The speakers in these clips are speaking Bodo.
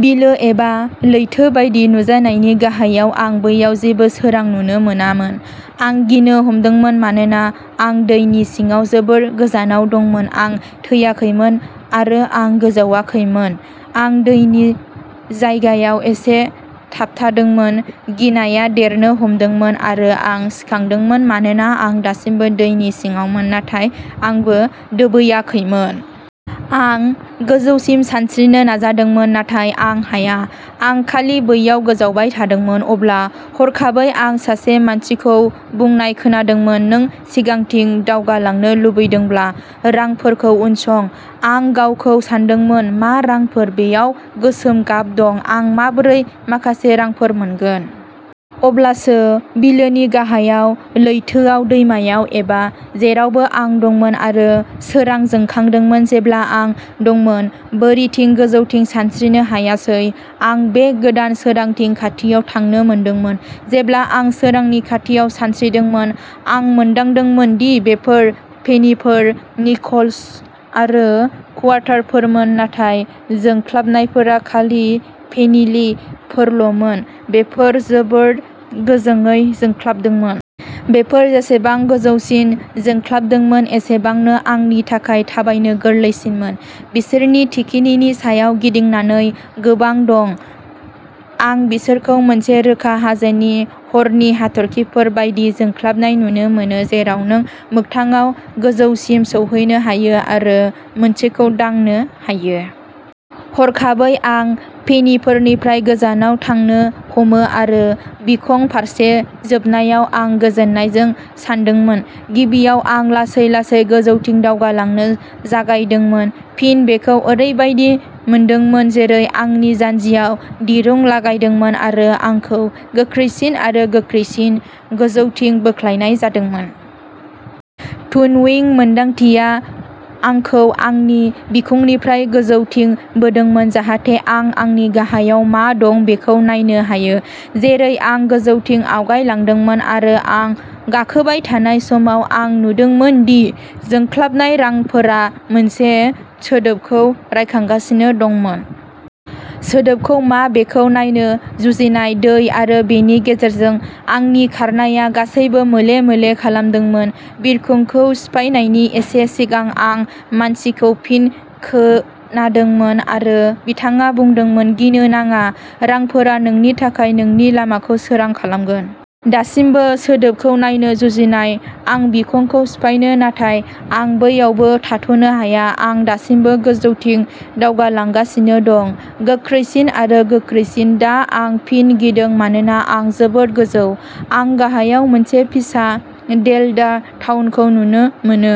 बिलो एबा लैथो बायदि नुजानायनि गाहायाव आं बैयाव जेबो सोरां नुनो मोनामोन। आं गिनो हमदोंमोन मानोना आं दैनि सिङाव जोबोद गोजानाव दंमोन आं थैयाखैमोन आरो आं गोजावाखैमोन आं दैनि जायगायाव एसे थाबथादोंमोन। गिनाया देरनो हमदोंमोन आरो आं गिखांदोंमोन मानोना आं दासिमबो दैनि सिङावमोन, नाथाय आंबो दोबैाखैमोन। आं गोजौसिम सानस्रिनो नाजादोंमोन, नाथाय आं हाया, आं खालि बैयाव गोजावबाय थादोंमोन। अब्ला, हरखाबै आं सासे मानसिखौ बुंनाय खोनादोंमोन नों सिगांथिं दावगालांनो लुबैदोंब्ला, रांफोरखौ उनसं। आं गावखौ सानदोंमोन मा रांफोर, बेयाव गोसोम गाब दं, आं माबोरै माखासे रांफोर मोनगोन? अब्लासो बिलोनि गाहायाव, लैथोआव, दैमायाव, एबा जेरावबो आं दंमोन मोनसे सोरां जोंखांदोंमोन। जेब्ला आं दंमोन बोरिथिं गोजौथिं सानस्रिनो हायासै, आं बे गोदान सोरांनि खाथियाव थांनो मोनदोंमोन। जेब्ला आं सोरांनि खाथियाव सानस्रिदोंमोन आं मोनदांदोंमोन दि बेफोर पेनिफोर, निकल्स आरो कुवार्टारफोरमोन नाथाय जोंख्लाबनायफोरा खालि पेनिफोरल'मोन बेफोर जोबोद गोजोंयै जोंख्लाबदोंमोन। बेफोर जेसेबां गोजोंसिन जोंख्लाबदोंमोन एसेबांनो आंनि थाखाय थाबायनो गोरलैसिनमोन। बिसोरनि थिखिनि सायाव गिदिंनानै गोबां दं। आं बिसोरखौ मोनसे रोखा हाजोनि हरनि हाथरखिफोर बायदि जोंख्लाबनाय नुनो मोनो जेराव नों मोगथाङाव गोजौसिम सौहैनो हायो आरो मोनसेखौ दांनो हायो। हरखाबै आं पेनिफोरनिफ्राय गोजानाव थांनो हमो आरो बिखं फारसे जोबनायाव आं गोजोननायजों सानदोंमोन। गिबियाव आं लासै लासै गोजौथिं दावगालांनो जागायदोंमोन फिन बेखौ ओरैबायदि मोनदोंमोन जेरै आंनि जान्जियाव दिरुं लागायदोंमोन आरो आंखौ गोख्रैसिन आरो गोख्रैसिन गोजौथिं बोख्लायनाय जादोंमोन। टुविं मोनदांथिया आंखौ आंनि बिखुंनिफ्राय गोजौथिं बोदोंमोन, जाहाथे आं आंनि गाहायाव मा दं बेखौ नायनो हायो जेरै आं। गोजौथिं आवगायलांदोंमोन आरो आं गाखोबाय थानाय समाव, आं नुदोंमोन दि जोंख्लाबनाय रांफोरा मोनसे सोदोबखौ रायखांगासिनो दंमोन। सोदोबखौ मा बेखौ नायनो जुजिनाय, दै आरो बेनि गेजेरजों आंनि खारनाया गासैबो मोले मोले खालामदोंमोन। बिखंखौ सिफायनायनि एसे सिगां आं मानसिखौ फिन खोनादोंमोन आरो बिथाङा बुंदोंमोन गिनो नाङा रांफोरा नोंनि थाखाय नोंनि लामाखौ सोरां खालामगोन। दासिमबो सोदोबखौ नायनो जुजिनाय, आं बिखंखौ सिफायो नाथाय आं बैयावबो थाद'नो हाया आं दासिमबो गोजौथिं दावगालांगासिनो दं, गोख्रैसिन आरो गोख्रैसिन। दा आं फिन गिदों मानोना आं जोबोद गोजौ। आं गाहायाव मोनसे फिसा डेल्टा टाउनखौ नुनो मोनो,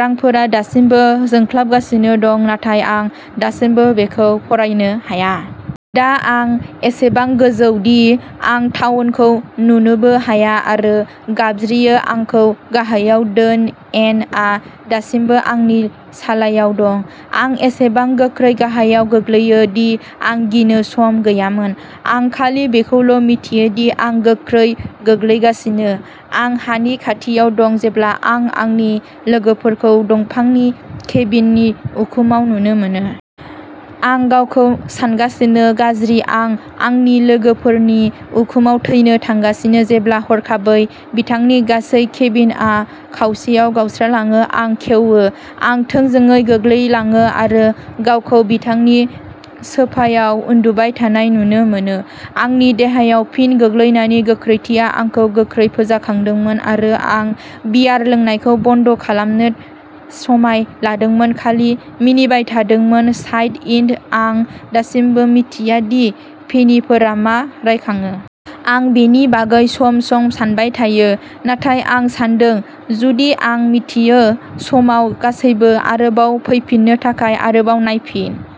रांफोरा दासिमबो जोंख्लाबगासिनो दं, नाथाय आं दासिमबो बेखौ फरायनो हाया। दा आं एसेबां गोजौ दि आं टाउनखौ नुनोबो हाया आरो आं गाबज्रियो आंखौ गाहायाव दोन एन आ दासिमबो आंनि सालायाव दं, आं एसेबां गोख्रै गाहायाव गोग्लैयो दि आं गिनो सम गैयामोन। आं खालि बेखौल' मिथियो दि आं गोख्रै गोग्लैगासिनो आं हानि खाथियाव दं जेब्ला आं आंनि लोगोफोरखौ दंफांनि केबिननि उखुमाव नुनो मोनो। आं गावखौ सानगासिनो गाज्रि आं आंनि लोगोफोरनि उखुमाव थैनो थांगासिनो जेब्ला हरखाबै बिथांनि गासै केबिनआ खावसेयाव गावस्रालाङो आरो खेवो आं थोंजोङै गोग्लैलाङो आरो गावखौ बिथांनि सोफायाव उन्दुबाय थानाय नुनो मोनो। आंनि देहायाव फिन गोग्लैनायनि गोख्रैथिया आंखौ गोख्रै फोजाखांदोंमोन आरो आं बियार लोंनायखौ बन्द खालामनो समाय लादोंमोन खालि मिनिबाय थादोंमोन साइड नट आं दासिमबो मिथिया दि पेनिफोरा मा रायखाङो। आं बेनि बागै सम सम सानबाय थायो। नाथाय आं सान्दों जुदि आं मिन्थियो समाव गासैबो। आरोबाव फैफिननो थाखाय आरोबाव नायफिन।